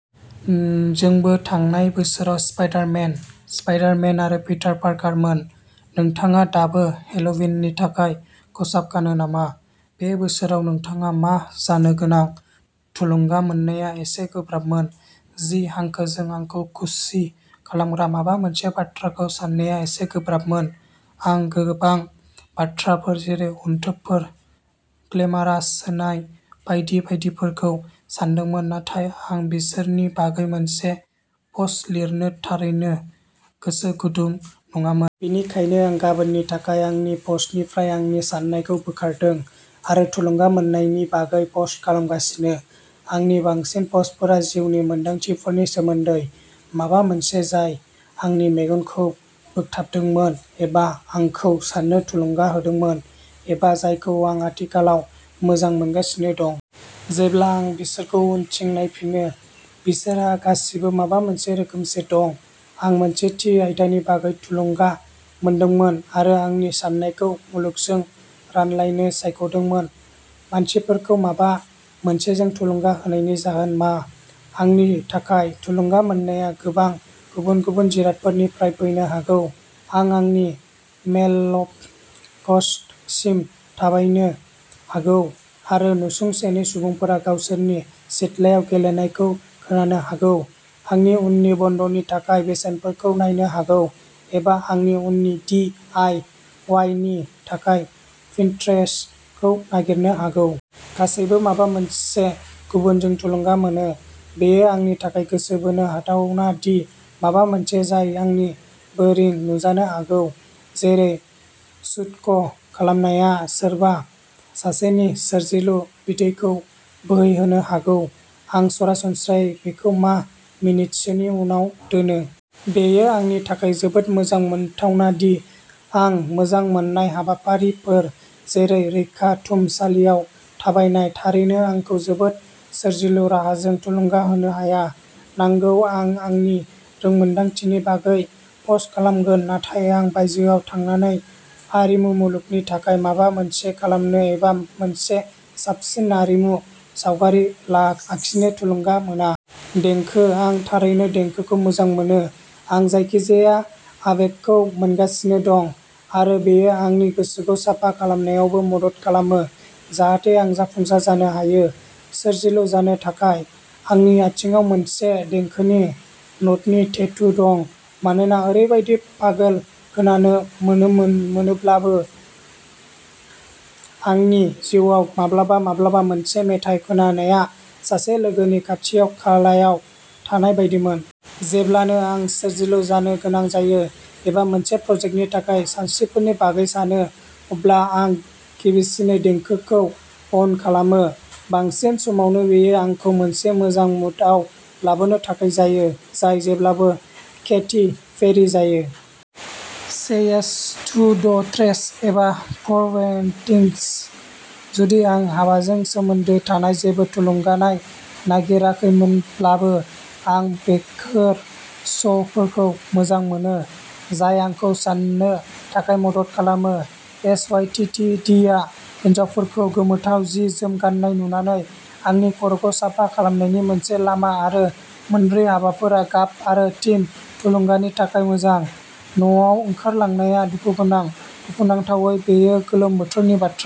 जोंबो थांनाय बोसोराव स्पाइडार मेन, स्पाइडार मेन आरो पिटार पार्कारमोन। नोंथाङा दाबो हेल'विननि थाखाय खसाब गानो नामा? बे बोसोराव नोंथाङा मा जानो गोनां? थुलुंगा मोननाया एसे गोब्राबमोन। जि हांखोजों आंखौ खुसि खालामग्रा माबा मोनसे बाथ्राखौ साननाया एसे गोब्राबमोन आं गोबां बाथ्राफोर जेरै अनथोबफोर ग्लेमारास होनाय बायदि बायदिफोरखौ सानदोंमोन नाथाय आं बिसोरनि बागै मोनसे पस्ट लिरनो थारैनो गोसो गुदुं नङामोन। बेनिखायनो आं गाबोननि थाखाय आंनि पस्टनिफ्राय आंनि साननायखौ बोखारदों आरो थुलुंगा मोन्नाय नि बागै पस्ट खालामगासिनो। आंनि बांसिन पस्टफोरा जिउनि मोनदांथिफोरनि सोमोन्दै माबा मोनसे जाय आंनि मेगनखौ बोगथाबदोंमोन एबा आंखौ साननो थुलुंगा होदोंमोन एबा जायखौ आं आथिखालाव मोजां मोनगासिनो दं। जेब्ला आं बिसोरखौ उनथिं नायफिनो, बिसोरहा गासिबो माबा मोनसे रोखोमसे दं, आं मोनसे थि आयदानि बागै थुलुंगा मोनदोंमोन आरो आंनि साननायखौ मुलुगजों रानलायनो सायख'दोंमोन। मानसिफोरखौ माबा मोनसेजों थुलुंगा होनायनि जाहोन मा? आंनि थाखाय थुलुंगा मोननाया गोबां गुबुन-गुबुन जिरादफोरनिफ्राय फैनो हागौ, आं आंनि मेइलबक्ससिम थाबायनो हागौ आरो नसुंसेनि सुबुंफोरा गावसोरनि सिथ्लायाव गेलेनायखौ खोनानो हागौ, आंनि उननि बन्दनि थाखाय बेसेनफोरखौ नायनो हागौ, एबा आंनि उननि डि आइ अवाइ नि थाखाय पिनट्रेस्टखौ नागिरनो हागौ। गासैबो माबा मोनसे गुबुनजों थुलुंगा मोनो। बेयो आंनि थाखाय गोसो बोनो हाथावना दि माबा मोनसे जाय आंनो बोरिं नुजानो हागौ, जेरै सुड'कु खालामनाया, सोरबा सासेनि सोरजिलु बिदैखौ बोहैहोनो हागौ। आं सरासनस्रायै बेखौ बा मिनिटसोनि उनाव दोनो। बेयो आंनि थाखाय जोबोद मोजां मोनथावना दि आं मोजां मोन्नाय हाबाफारिफोर जेरै रैखाथुमसालियाव थाबायनाय थारैनो आंखौ जोबोद सोरजिलु राहाजों थुलुंगा होनो हाया। नंगौ आं आंनि रोंमोनदांथिनि बागै पस्ट खालामगोन नाथाय आं बायजोआव थांनानै आरिमु मुलुगनि थाखाय माबा मोनसे खालामनो एबा मोनसे साबसिन आरिमु सावगारि आखिनो थुलुंगा मोना। देंखो, आं थारैनो देंखोखौ मोजां मोनो आं जायखिजाया आबेगखौ मोनगासिनो दं आरो बेयो आंनि गोसोखौ साफा खालामनायावबो मदद खालामो जाहाथे आं जाफुंसार जानो हायो। सोरजिलु जानो थाखाय। आंनि आथिंआव मोनसे देंखोनि न'टनि टेटु दं मानोना ओरैबायदि पागल खोनानो मोनोब्लाबो आंनि जिउआव माब्लाबा माब्लाबा मोनसे मेथाइ खोनानाया सासे लोगोनि खाथि-खालायाव थानाय बायदिमोन। जेब्लानो आं सोरजिलु जानो गोनां जायो, एबा मोनसे प्रजेक्टनि थाखाय सानस्रिफोरनि बागै सानो, अब्ला आं गिबिसिनै देंखोखौ अन खालामो। बांसिन समावनो बेयो आंखौ मोनसे मोजां मुडआव लाबोनो थाखाय जायो, जाय जेब्लाबो केटी पेरी जायो। Say yes to the dress एबा फर वेडिंग्स। जुदि आं हाबाजों सोमोन्दो थानाय जेबो थुलुंगानाय नागिराखैब्लाबो आं बेफोर श'फोरखौ मोजां मोनो जाय आंखौ साननो थाखाय मदद खालामो। S Y T T D आ हिनजावफोरखौ गोमोथाव जि-जोम गाननाय नुनानै आंनि खर'खौ साफा खालामनायनि मोनसे लामा आरो मोनब्रै हाबाफोरा गाब आरो थीम थुलुंगानि थाखाय मोजां। नावाव ओंखारलांनाया दुखुगोनां। दुखुनांथावै बेयो गोलोम बोथोरनि बाथ्रा।